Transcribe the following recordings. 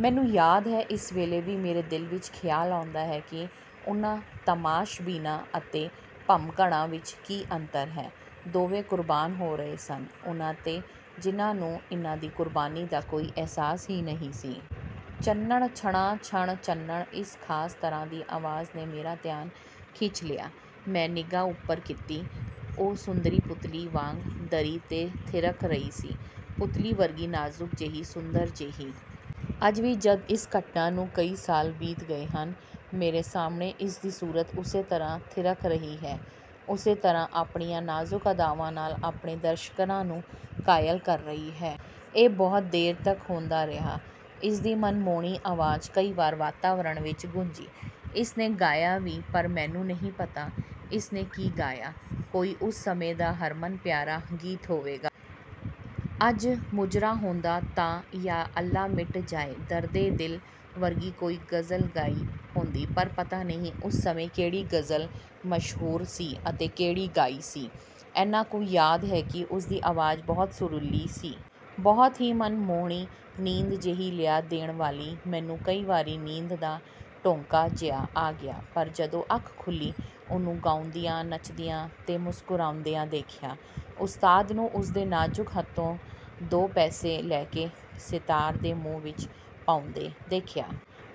ਮੈਨੂੰ ਯਾਦ ਹੈ, ਇਸ ਵੇਲੇ ਵੀ ਮੇਰੇ ਦਿਲ ਵਿਚ ਖਿਆਲ ਆਉਂਦਾ ਹੈ ਕਿ ਉਨ੍ਹਾਂ ਤਮਾਸ਼ਬੀਨਾਂ ਅਤੇ ਭਮੱਕੜਾਂ ਵਿਚ ਕੀ ਅੰਤਰ ਹੈ? ਦੋਵੇਂ ਕੁਰਬਾਨ ਹੋ ਰਹੇ ਸਨ, ਉਨ੍ਹਾਂ 'ਤੇ ਜਿਨ੍ਹਾਂ ਨੂੰ ਇਨ੍ਹਾਂ ਦੀ ਕੁਰਬਾਨੀ ਦਾ ਕੋਈ ਅਹਿਸਾਸ ਹੀ ਨਹੀਂ ਸੀ। ਛਨਣ ਛਣਾ ਛਣ ਛਨਣ ਇਸ ਖ਼ਾਸ ਤਰ੍ਹਾਂ ਦੀ ਆਵਾਜ਼ ਨੇ ਮੇਰਾ ਧਿਆਨ ਖਿੱਚ ਲਿਆ। ਮੈਂ ਨਿਗ੍ਹਾ ਉਪਰ ਕੀਤੀ। ਉਹ ਸੁੰਦਰੀ ਪੁਤਲੀ ਵਾਂਗ ਦਰੀ 'ਤੇ ਥਿਰਕ ਰਹੀ ਸੀ। ਪੁਤਲੀ ਵਰਗੀ, ਨਾਜ਼ੁਕ ਜਿਹੀ, ਸੁੰਦਰ ਜਿਹੀ। ਅੱਜ ਵੀ ਜਦ ਇਸ ਘਟਨਾ ਨੂੰ ਕਈ ਸਾਲ ਬੀਤ ਗਏ ਹਨ, ਮੇਰੇ ਸਾਹਮਣੇ ਇਸ ਦੀ ਸੂਰਤ ਉਸੇ ਤਰ੍ਹਾਂ ਥਿਰਕ ਰਹੀ ਹੈ। ਉਸੇ ਤਰ੍ਹਾਂ ਆਪਣੀਆਂ ਨਾਜ਼ੁਕ ਅਦਾਵਾਂ ਨਾਲ ਆਪਣੇ ਦਰਸ਼ਕਾਂ ਨੂੰ ਘਾਇਲ ਕਰ ਰਹੀ ਹੈ। ਇਹ ਬਹੁਤ ਦੇਰ ਤਕ ਹੁੰਦਾ ਰਿਹਾ, ਇਸ ਦੀ ਮਨਮੋਹਣੀ ਆਵਾਜ਼ ਕਈ ਵਾਰ ਵਾਤਾਵਰਨ ਵਿਚ ਗੂੰਜੀ। ਇਸ ਨੇ ਗਾਇਆ ਵੀ, ਪਰ ਮੈਨੂੰ ਨਹੀਂ ਪਤਾ ਇਸ ਨੇ ਕੀ ਗਾਇਆ। ਕੋਈ ਉਸ ਸਮੇਂ ਦਾ ਹਰਮਨ ਪਿਆਰਾ ਗੀਤ ਹੋਵੇਗਾ। ਅੱਜ 'ਮੁਜਰਾ' ਹੁੰਦਾ ਤਾਂ 'ਯਾ ਅੱਲਾ ਮਿਟ ਜਾਏ ਦਰਦੇ ਦਿਲ' ਵਰਗੀ ਕੋਈ ਗ਼ਜ਼ਲ ਗਾਈ ਹੁੰਦੀ ਪਰ ਪਤਾ ਨਹੀਂ ਉਸ ਸਮੇਂ ਕਿਹੜੀ ਗਜ਼ਲ ਮਸ਼ਹੂਰ ਸੀ ਅਤੇ ਕਿਹੜੀ ਗਾਈ ਸੀ। ਐਨਾ ਕੁ ਯਾਦ ਹੈ ਕਿ ਉਸ ਦੀ ਆਵਾਜ਼ ਬਹੁਤ ਸੁਰੀਲੀ ਸੀ। ਬਹੁਤ ਹੀ ਮਨਮੋਹਣੀ, ਨੀਂਦ ਜਿਹੀ ਲਿਆ ਦੇਣ ਵਾਲੀ। ਮੈਨੂੰ ਕਈ ਵਾਰੀ ਨੀਂਦ ਦਾ ਢੌਂਕਾ ਜਿਹਾ ਆ ਗਿਆ ਪਰ ਜਦੋਂ ਅੱਖ ਖੁੱਲ੍ਹੀ, ਉਹਨੂੰ ਗਾਉਂਦਿਆਂ, ਨੱਚਦਿਆਂ ਤੇ ਮੁਸਕਰਾਉਂਦਿਆਂ ਦੇਖਿਆ। ਉਸਤਾਦ ਨੂੰ ਉਸ ਦੇ ਨਾਜ਼ੁਕ ਹੱਥੋਂ ਦੋ ਪੈਸੇ ਲੈ ਕੇ ਸਿਤਾਰ ਦੇ ਮੂੰਹ ਵਿਚ ਪਾਉਂਦੇ ਦੇਖਿਆ।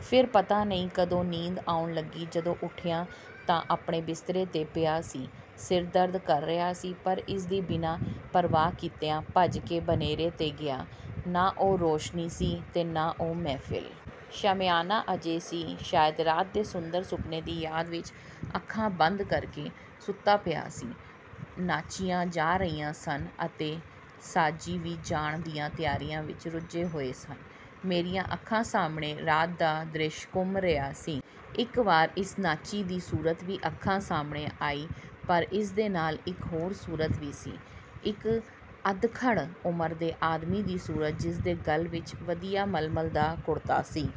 ਫਿਰ ਪਤਾ ਨਹੀਂ ਕਦੋਂ ਨੀਂਦ ਆਉਣ ਲੱਗੀ। ਜਦੋਂ ਉਠਿਆ ਤਾਂ ਆਪਣੇ ਬਿਸਤਰੇ 'ਤੇ ਪਿਆ ਸੀ। ਸਿਰ ਦਰਦ ਕਰ ਰਿਹਾ ਸੀ ਪਰ ਇਸ ਦੀ ਬਿਨਾਂ ਪਰਵਾਹ ਕੀਤਿਆਂ ਭੱਜ ਕੇ ਬਨੇਰੇ 'ਤੇ ਗਿਆ। ਨਾ ਉਹ ਰੋਸ਼ਨੀ ਸੀ ਤੇ ਨਾ ਉਹ ਮਹਿਫਿਲ। ਸ਼ਾਮਿਆਨਾ ਅਜੇ ਸੀ। ਸ਼ਾਇਦ ਰਾਤ ਦੇ ਸੁੰਦਰ ਸੁਪਨੇ ਦੀ ਯਾਦ ਵਿਚ ਅੱਖਾਂ ਬੰਦ ਕਰ ਕੇ ਸੁੱਤਾ ਪਿਆ ਸੀ। ਨਾਚੀਆਂ ਜਾ ਰਹੀਆਂ ਸਨ ਅਤੇ ਸਾਜ਼ੀ ਵੀ ਜਾਣ ਦੀਆਂ ਤਿਆਰੀਆਂ ਵਿਚ ਰੁਝੇ ਹੋਏ ਸਨ। ਮੇਰੀਆਂ ਅੱਖਾਂ ਸਾਹਮਣੇ ਰਾਤ ਦਾ ਦ੍ਰਿਸ਼ ਘੁੰਮ ਰਿਹਾ ਸੀ। ਇਕ ਵਾਰ ਇਸ ਨਾਚੀ ਦੀ ਸੂਰਤ ਵੀ ਅੱਖਾਂ ਸਾਹਮਣੇ ਆਈ, ਪਰ ਇਸ ਦੇ ਨਾਲ ਇਕ ਹੋਰ ਸੂਰਤ ਵੀ ਸੀ। ਇਕ ਅੱਧਖੜ ਉਮਰ ਦੇ ਆਦਮੀ ਦੀ ਸੂਰਤ ਜਿਸ ਦੇ ਗਲ ਵਿਚ ਵਧੀਆ ਮਲਮਲ ਦਾ ਕੁੜਤਾ ਸੀ।